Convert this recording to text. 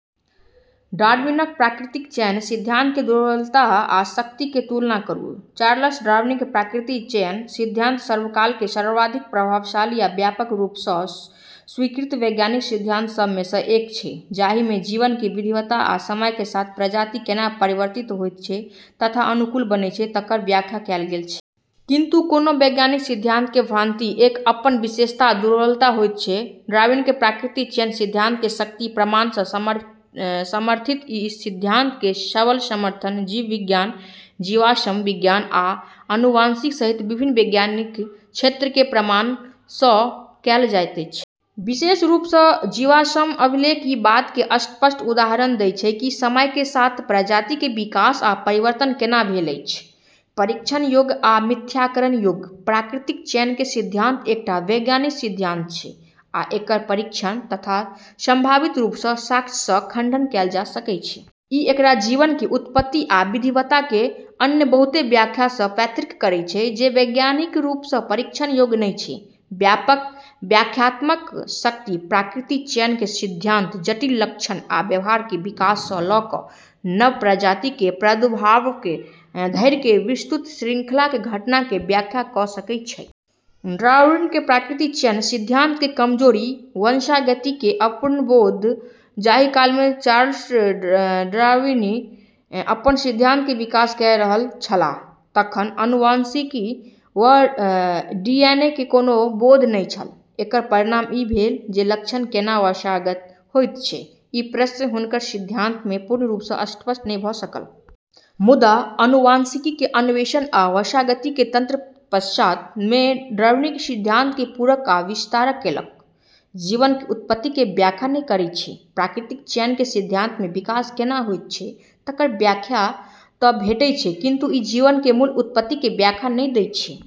डार्विनक प्राकृतिक चयन सिद्धांत के दुर्बलता आ शक्ति के तुलना करू। चार्ल्स डार्विन के प्राकृतिक चयन सिद्धांत सर्वकाल के सर्वाधिक प्रभावशाली आ व्यापक रूप सँ स्वीकृत वैज्ञानिक सिद्धांत सभ में सँ एक छै, जहि में जीवन के विविधता आ समय के साथ प्रजाति केंना परिवर्तित होइत छै तथा अनुकूल बनै छै, तकर व्याख्या कएल गेल छै। किंतु, कोनो वैज्ञानिक सिद्धांत के भाँति एकर अपन विशेषता आ दुर्बलता होइत छै। डार्विन के प्राकृतिक चयन सिद्धांत के शक्ति: प्रमाण सँ समर्थित: ई सिद्धांत के सबल समर्थन जीव विज्ञान, जीवाश्म विज्ञान, आ आनुवंशिकी सहित विभिन्न वैज्ञानिक क्षेत्र के प्रमाण सँ कएल जाइत छै। विशेष रूप सँ जीवाश्म अभिलेख ई बात के स्पष्ट उदाहरण दै छै कि समय के साथ प्रजाति के विकास आ परिवर्तन केंना भेल अछि। परीक्षण योग्य आ मिथ्याकरण योग्य: प्राकृतिक चयन के सिद्धांत एकटा वैज्ञानिक सिद्धांत छै आ एकर परीक्षण तथा संभावित रूप सँ साक्ष्य सँ खंडन कएल जा सकै छै। ई एकरा जीवन के उत्पत्ति आ विविधता के अन्य बहुते व्याख्या सँ पृथक् करै छै जे वैज्ञानिक रूप सँ परीक्षण योग्य नहि छै। व्यापक व्याख्यात्मक शक्ति: प्राकृतिक चयन के सिद्धांत जटिल लक्षण आ व्यवहार के विकास सँ लऽ कऽ नव प्रजाति के प्रादुर्भाव धरि के विस्तृत शृंखला के घटना के व्याख्या कऽ सकै छै। डार्विन के प्राकृतिक चयन सिद्धांत के कमजोरी: वंशागति के अपूर्ण बोध: जहि काल में चार्ल्स डार्विन अपन सिद्धांत के विकास कए रहल छलाह, तखन आनुवंशिकी वा डीएनए के कोनो बोध नहि छल। एकर परिणाम ई भेल जे लक्षण केंना वंशागत होइत छै, ई प्रश्न हुनकर सिद्धांत में पूर्ण रूप सँ स्पष्ट नहि भऽ सकल। मुदा आनुवंशिकी के अन्वेषण आ वंशागति के तंत्र पश्चात् में डार्विन के सिद्धांत के पूरक आ विस्तार केलक। जीवन के उत्पत्ति के व्याख्या नहि करै छै: प्राकृतिक चयन के सिद्धांत में विकास केंना होइत छै, तकर व्याख्या तँ भेटै छै, किंतु ई जीवन के मूल उत्पत्ति के व्याख्या नहि दै छै।